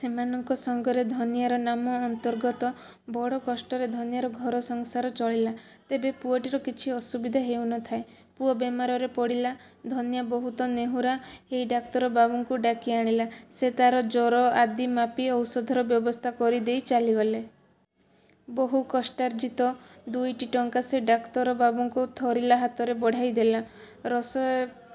ସେମାନଙ୍କ ସଙ୍ଗରେ ଧନିଆର ନାମ ଅନ୍ତର୍ଗତ। ବଡ଼ କଷ୍ଟରେ ଧନିଆର ଘର ସଂସାର ଚଳିଲା। ତେବେ ପୁଅଟିର କିଛି ଅସୁବିଧା ହେଉ ନ ଥାଏ। ପୁଅ ବେମାରରେ ପଡ଼ିଲା। ଧନିଆ ବହୁତ ନେହୁରା ହେଇ ଡାକ୍ତରବାବୁଙ୍କୁ ଡାକି ଆଣିଲା। ସେ ତାର ଜର ଆଦି ମାପି ଔଷଧର ବ୍ୟବସ୍ଥା କରିଦେଇ ଚାଲିଗଲେ। ବହୁ କଷ୍ଟାର୍ଜିତ ଦୁଇଟି ଟଙ୍କା ସେ ଡାକ୍ତର ବାବୁଙ୍କୁ ଥରିଲା ହାତରେ ବଢ଼ାଇ ଦେଲା। ରୋଷ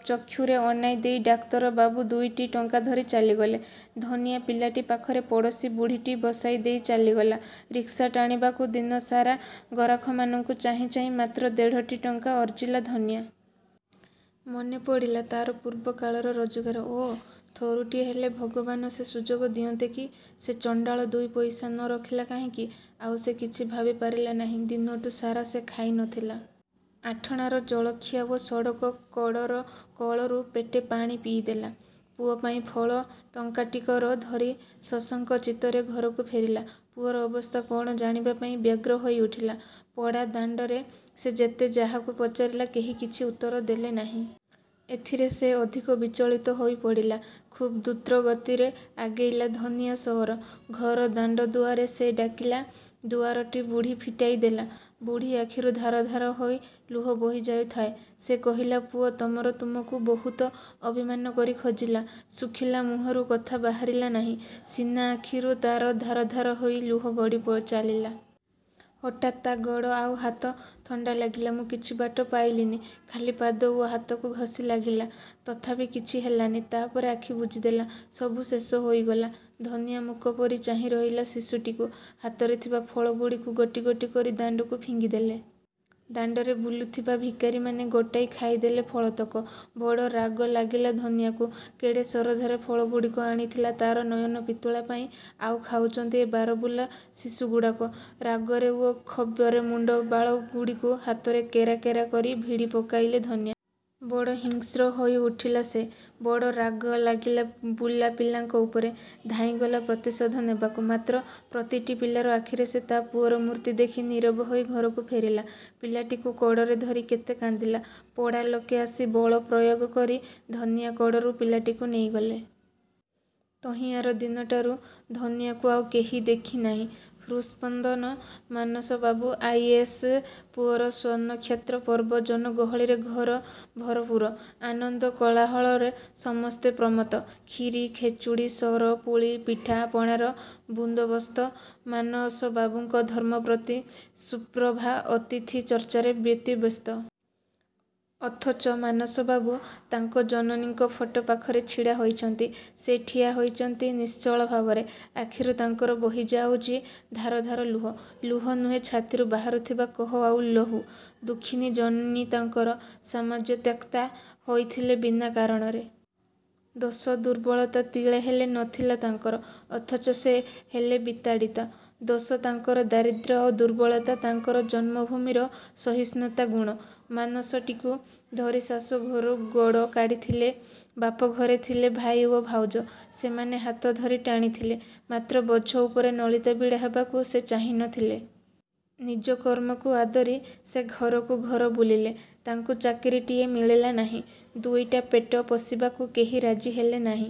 ଚକ୍ଷୁରେ ଅନାଇ ଦେଇ ଡାକ୍ତର ବାବୁ ଦୁଇଟି ଟଙ୍କା ଧରି ଚାଲିଗଲେ। ଧନିଆ ପିଲାଟି ପାଖରେ ପଡ଼ୋଶୀ ବୁଢ଼ୀଟି ବସାଇ ଦେଇ ଚାଲିଗଲା ରିକ୍ସା ଟାଣିବାକୁ। ଦିନସାରା ଗରାଖମାନଙ୍କୁ ଚାହିଁ ଚାହିଁ ମାତ୍ର ଦେଢ଼ୋଟି ଟଙ୍କା ଅର୍ଜିଲା ଧନିଆ। ମନେ ପଡ଼ିଲା ତାର ପୂର୍ବ କାଳର ରୋଜଗାର। ଓଃ, ଥରୁଟିଏ ହେଲେ ଭଗବାନ ସେ ସୁଯୋଗ ଦିଅନ୍ତେ କି! ସେ ଚଣ୍ତାଳ ଦୁଇ ପଇସା ନ ରଖିଲା କାହିଁକି। ଆଉ ସେ କିଛି ଭାବି ପାରିଲା ନାହିଁ। ଦିନଟୁ ସାରା ସେ ଖାଇ ନ ଥିଲା। ଆଠଣାର ଜଳଖିଆ ଓ ସଡ଼କ କଡ଼ରକଳରୁ ପେଟେ ପାଣି ପିଇଦେଲା। ପୁଅ ପାଇଁ ଫଳ ଟଙ୍କାଟିକର ଧରି ଶଶଙ୍କ ଚିତ୍ତରେ ଘରକୁ ଫେରିଲା। ପୁଅର ଅବସ୍ଥା କ'ଣ ଜାଣିବା ପାଇଁ ବ୍ୟଗ୍ର ହୋଇ ଉଠିଲା। ପଡ଼ା ଦାଣ୍ତରେ ସେ ଯେତେ ଯାହାକୁ ପଚାରିଲା କେହି କିଛି ଉତ୍ତର ଦେଲେ ନାହିଁ। ଏଥିରେ ସେ ଅଧିକ ବିଚଳିତ ହୋଇପଡ଼ିଲା। ଖୁବ୍ ଦ୍ରୁତ ଗତିରେ ଆଗେଇଲା ଧନିଆ ସଅର। ଘର ଦାଣ୍ତଦୁଆରେ ସେ ଡ଼ାକିଲା। ଦୁଆରଟି ବୁଢ଼ୀ ଫିଟାଇ ଦେଲା। ବୁଢ଼ୀ ଆଖିରୁ ଧାର ଧାର ହୋଇ ଲୁହ ବୋହି ଯାଉଥାଏ। ସେ କହିଲା—ପୁଅ ତମର ତୁମକୁ ବହୁତ ଅଭିମାନ କରି ଖୋଜିଲା, ଶୁଖିଲା ମୁହଁରୁ କଥା ବାହାରିଲା ନାହିଁ ସିନା ଆଖିରୁ ତାର ଧାର ଧାର ହୋଇ ଲୁହ ଗଡ଼ି ଚାଲିଲା। ହଠାତ୍ ତା ଗୋଡ଼ ଆଉ ହାତ ଥଣ୍ତା ଲାଗିଲା। ମୁଁ କିଛି ବାଟ ପାଇଲିନି। ଖାଲି ପାଦ ଓ ହାତକୁ ଘସି ଲାଗିଲା। ତଥାପି କିଛି ହେଲାନି, ତାପରେ ଆଖି ବୁଜିଦେଲା। ସବୁ ଶେଷ ହୋଇଗଲା। ଧନିଆ ମୂକ ପରି ଚାହିଁ ରହିଲା ଶିଶୁଟିକୁ। ହାତରେ ଥିବା ଫଳ ଗୁଡ଼ିକୁ ଗୋଟି ଗୋଟି କରି ଦାଣ୍ତକୁ ଫିଙ୍ଗିଦେଲେ। ଦାଣ୍ତରେ ବୁଲୁଥିବା ଭିକାରୀମାନେ ଗୋଟାଇ ଖାଇଦେଲେ ଫଳତକ। ବଡ଼ ରାଗ ଲାଗିଲା ଧନିଆକୁ। କେଡ଼େ ଶରଧାରେ ଫଳଗୁଡ଼ିକ ଆଣିଥିଲା ତାର ନୟନ ପିତୁଳା ପାଇଁ, ଆଉ ଖାଉଚନ୍ତି ଏ ବାରବୁଲା ଶିଶୁଗୁଡ଼ାକ। ରାଗରେ ଓ କ୍ଷୋଭରେ ମୁଣ୍ତ ବାଳଗୁଡ଼ିକୁ ହାତରେ କେରା କେରା କରି ଭିଡ଼ି ପକାଇଲେ ଧନିଆ। ବଡ଼ ହିଂସ୍ର ହୋଇଉଠିଲା ସେ। ବଡ଼ ରାଗ ଲାଗିଲା ବୁଲା ପିଲାଙ୍କ ଉପରେ। ଧାଇଁଗଲା ପ୍ରତିଶୋଧ ନେବାକୁ। ମାତ୍ର ପ୍ରତିଟି ପିଲାର ଆଖିରେ ସେ ତା ପୁଅର ମୂର୍ତ୍ତି ଦେଖି ନୀରବ ହୋଇ ଘରକୁ ଫେରିଲା। ପିଲାଟିକୁ କୋଡ଼ରେ ଧରି କେତେ କାନ୍ଦିଲା। ପଡ଼ା ଲୋକେ ଆସି ବଳ ପ୍ରୟୋଗ କରି ଧନିଆ କୋଡ଼ରୁ ପିଲାଟିକୁ ନେଇଗଲେ। ତହିଁଆର ଦିନଟାରୁ ଧନିଆକୁ ଆଉ କେହି ଦେଖିନାହିଁ। ହୃତ୍ସ୍ପନ୍ଦନ Manas babu, I. A. S. ପୁଅର ସ୍ୱନକ୍ଷେତ୍ର ପର୍ବ। ଜନଗହଳିରେ ଘର ଭରପୂର। ଆନନ୍ଦ କୋଳାହଳରେ ସମସ୍ତେ ପ୍ରମତ୍ତ। କ୍ଷୀରୀ, ଖେଚୁଡ଼ୀ, ସର, ପୁଳି, ପିଠା ପଣାର ସୁବନ୍ଦୋବସ୍ତ। ମାନସବାବୁଙ୍କ ଧର୍ମପତ୍ନୀ ସୁପ୍ରଭା ଅତିଥି ଚର୍ଚ୍ଚାରେ ବ୍ୟତିବ୍ୟସ୍ତ। ଅଥଚ ମାନସବାବୁ ତାଙ୍କ ଜନନୀଙ୍କ ଫଟୋ ପାଖରେ ଛିଡ଼ା ହୋଇଚନ୍ତି। ସେ ଠିଆ ହୋଇଚନ୍ତି ନିଶ୍ଚଳ ଭାବରେ, ଆଖିରୁ ତାଙ୍କର ବହିଯାଉଅଛି ଧାର ଧାର ଲୁହ। ଲୁହ ନୁହେଁ, ଛାତିରୁ ବାହାରୁଥିବା କୋହ ଆଉ ଲହୁ। ଦୁଃଖିନୀ ଜନନୀ ତାଙ୍କର। ସମାଜତ୍ୟକ୍ତା ହୋଇଥିଲେ ବିନା କାରଣରେ। ଦୋଷ ଦୁର୍ବଳତା ତିଳେ ହେଲେ ନ ଥିଲା ତାଙ୍କର। ଅଥଚ ସେ ହେଲେ ବିତାଡ଼ିତା। ଦୋଷ ତାଙ୍କର ଦାରିଦ୍ର୍ୟ ଆଉ ଦୁର୍ବଳତା ତାଙ୍କର ଜନ୍ମଭୂମିର ସହିଷ୍ଣୁତା ଗୁଣ। ମାନସଟିକୁ ଧରି ଶାଶୁ ଘରୁ ଗୋଡ଼ କାଢ଼ିଥିଲେ। ବାପ ଘରେ ଥିଲେ ଭାଇ ଓ ଭାଉଜ-। ସେମାନେ ହାତ ଧରି ଟାଣିଥିଲେ, ମାତ୍ର ବୋଝ ଉପରେ ନଳିତା ବିଡ଼ା ହେବାକୁ ସେ ଚାହିଁ ନ ଥିଲେ। ନିଜ କର୍ମକୁ ଆଦରି ସେ ଘରକୁ ଘର ବୁଲିଲେ। ତାଙ୍କୁ ଚାକିରୀଟିଏ ମିଳିଲା ନାହିଁ-। ଦୁଇଟା ପେଟ ପୋଷିବାକୁ କେହି ରାଜି ହେଲେ ନାହିଁ।